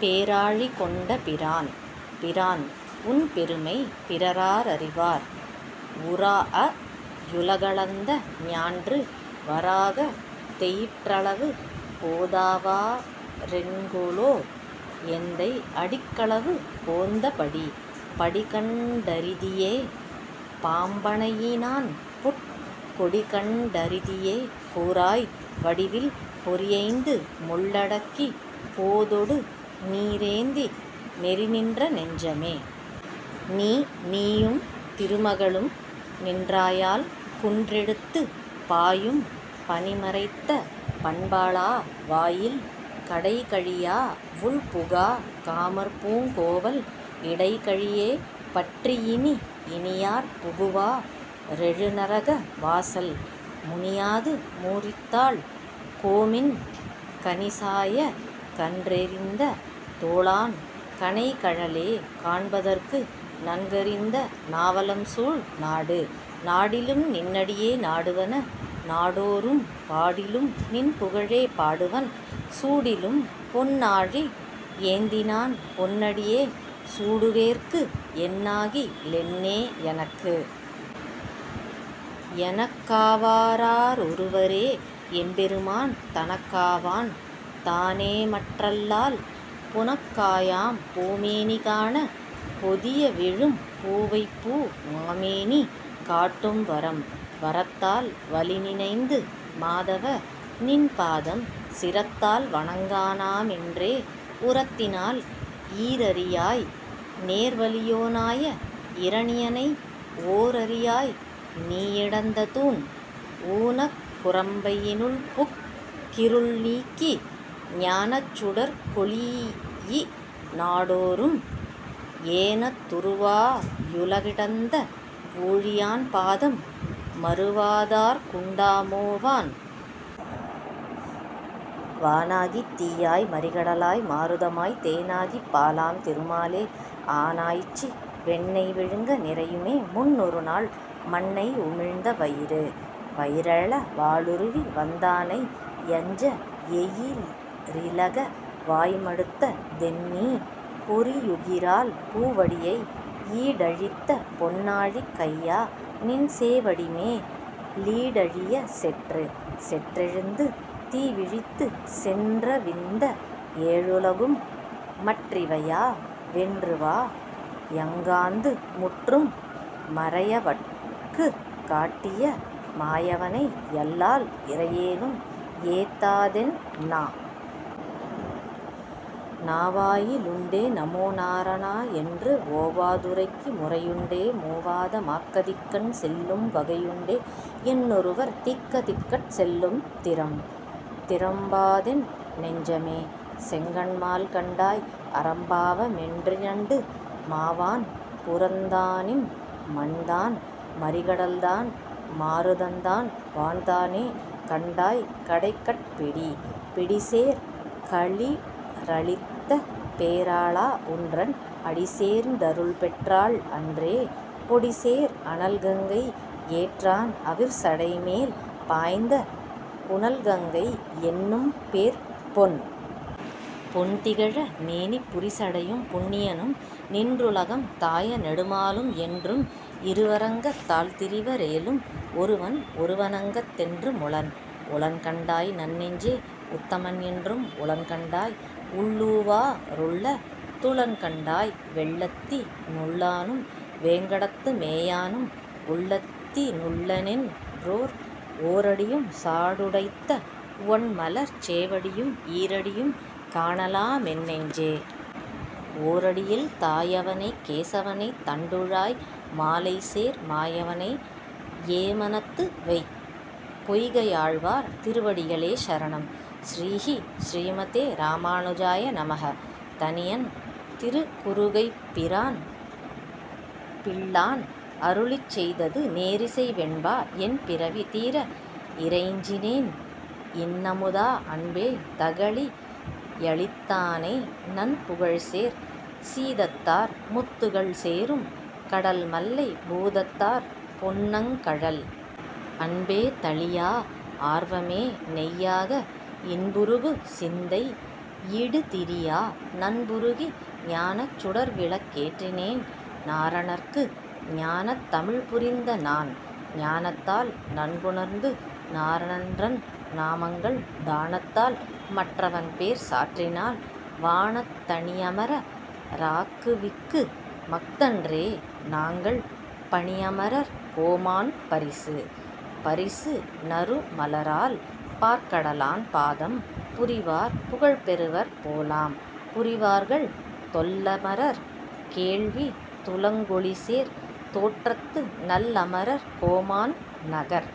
பேராழி கொண்ட பிரான்? பிரான். உன் பெருமை பிறரா ரறிவார்?, உராஅ யுலகளந்த ஞான்று, வராகத் தெயிற்றளவு போதாவா றென்கொலோ, எந்தை அடிக்களவு போந்த படி? படிகண் டறிதியே பாம்பணையி னான், புட் கொடிகண் டறிதியே? கூறாய், வடிவில் பொறியைந்து முள்ளடக்கிப் போதொடுநீ ரேந்தி, நெறிநின்ற நெஞ்சமே. நீ. நீயும் திருமகளும் நின்றாயால், குன்றெடுத்துப் பாயும் பனிமறைத்த பண்பாளா, வாயில் கடைகழியா வுள்புகாக் காமர்பூங் கோவல் இடைகழியே பற்றி யினி. இனியார் புகுவா ரெழுநரக வாசல்? முனியாது மூரித்தாள் கோமின், கனிசாயக் கன்றெறிந்த தோளான் கனைகழலே காண்பதற்கு, நன்கறிந்த நாவலம்சூழ் நாடு. நாடிலும் நின்னடியே நாடுவன, நாடோ றும் பாடிலும் நின்புகழே பாடுவன், சூடிலும் பொன்னாழி யேந்தினான் பொன்னடியே சூடுவேற்கு, என்னாகி லென்னே எனக்கு? எனக்காவா ராரொருவரே, எம்பெருமான் தனக்காவான் தானேமற் றல்லால், புனக்காயாம் பூமேனி காணப் பொதியவிழும் பூவைப்பூ, மாமேனி காட்டும் வரம். வரத்தால் வலிநினைந்து மாதவ. நின் பாதம், சிரத்தால் வணங்கானா மென்றே, உரத்தினால் ஈரரியாய் நேர்வலியோ னாய இரணியனை, ஓரரியாய் நீயிடந்த தூன்? ஊனக் குரம்பையி னுள்புக் கிருள்நீக்கி, ஞானச் சுடர்கொளீஇ நாடோ றும், ஏனத் துருவா யுலகிடந்த வூழியான் பாதம், மருவாதார்க் குண்டாமோ வான்? வானாகித் தீயாய் மறிகடலாய் மாருதமாய் தேனாகிப் பாலாம் திருமாலே, ஆனாய்ச்சி வெண்ணெய் விழுங்க நிறையுமே, முன்னொருநாள் மண்ணை உமிழ்ந்த வயிறு? வயிறழல வாளுருவி வந்தானை யஞ்ச எயிறிலக வாய்மடுத்த தென்நீ, பொறியுகிரால் பூவடியை யீடழித்த பொன்னாழிக் கையா, நின் சேவடிமே லீடழியச் செற்று? செற்றெழுந்து தீவிழித்துச் சென்றவிந்த ஏழுலகும், மற்றிவையா வென்றுவா யங்காந்து, முற்றும் மறையவற்குக் காட்டிய மாயவனை யல்லால், இறையேனும் ஏத்தாதென் நா. நாவாயி லுண்டே நமோநார ணா என்று, ஓவா துரைக்கு முரையுண்டே, மூவாத மாக்கதிக்கண் செல்லும் வகையுண்டே, என்னொருவர் தீக்கதிக்கட் செல்லும் திறம்? திறம்பாதென் னெஞ்சமே. செங்கண்மால் கண்டாய், அறம்பாவ மென்றிரண்டு மாவான், புறந்தானிம் மண்தான் மறிகடல்தான் மாருதந்தான், வான்தானே, கண்டாய் கடைக்கட் பிடி. பிடிசேர் களிறளித்த பேராளா, உன்றன் அடிசேர்ந் தருள்பெற்றாள் அன்றே, பொடிசேர் அனல்கங்கை யேற்றான் அவிர்சடைமேல் பாய்ந்த, புனல்கங்கை யென்னும்பேர்ப் பொன்? பொன்திகழ மேனிப் புரிசடையம் புண்ணியனும், நின்றுலகம் தாய நெடுமாலும், என்றும் இருவரங்கத் தால்திரிவ ரேலும், ஒருவன் ஒருவனங்கத் தென்று முளன். உளன்கண்டாய் நன்னெஞ்சே. உத்தமன் என்றும் உளன்கண்டாய், உள்ளூவா ருள்ளத் துளன்கண்டாய், வெள்ளத்தி னுள்ளானும் வேங்கடத்து மேயானும், உள்ளத்தி னுள்ளனென் றோர். ஓரடியும் சாடுதைத்த ஒண்மலர்ச் சேவடியும், ஈரடியும் காணலா மென்னெஞ்சே. ஓரடியில் தாயவனைக் கேசவனைத் தண்டுழாய் மாலைசேர், மாயவனை யேமனத்து வை. பொய்கையாழ்வார் திருவடிகளே சரணம் ஸ்ரீ: ஸ்ரீமதே ராமானுஜாய நமக: தனியன் திருகுருகைப்பிரான் பிள்ளான் அருளிச் செய்தது நேரிசை வெண்பா என்பிறவி தீர இறைஞ்சினேன் இன்னமுதா அன்பே தகளி யளித்தானை, நன்புகழ்சேர் சீதத்தார் முத்துகள் சேரும் கடல்மல்லைப் பூதத்தார் பொன்னங்கழல். அன்பே தளியா ஆர்வமே நெய்யாக, இன்புருகு சிந்தை யிடுதிரியா, நன்புருகி ஞானச் சுடர்விளக் கேற்றினேன் நாரணற்கு ஞானத் தமிழ்புரிந்த நான். ஞானத்தால் நன்குணர்ந்து நாரணன்றன் நாமங்கள், தானத்தால் மற்றவன் பேர் சாற்றினால், வானத் தணியமர ராக்குவிக்கு மஃதன்றே, நாங்கள் பணியமரர் கோமான் பரிசு? பரிசு நறுமலரால் பாற்கடலான் பாதம், புரிவார் புகழ்பெறுவர் போலாம், புரிவார்கள் தொல்லமரர் கேள்வித் துலங்கொளிசேர் தோற்றத்து நல்லமரர் கோமான் நகர்.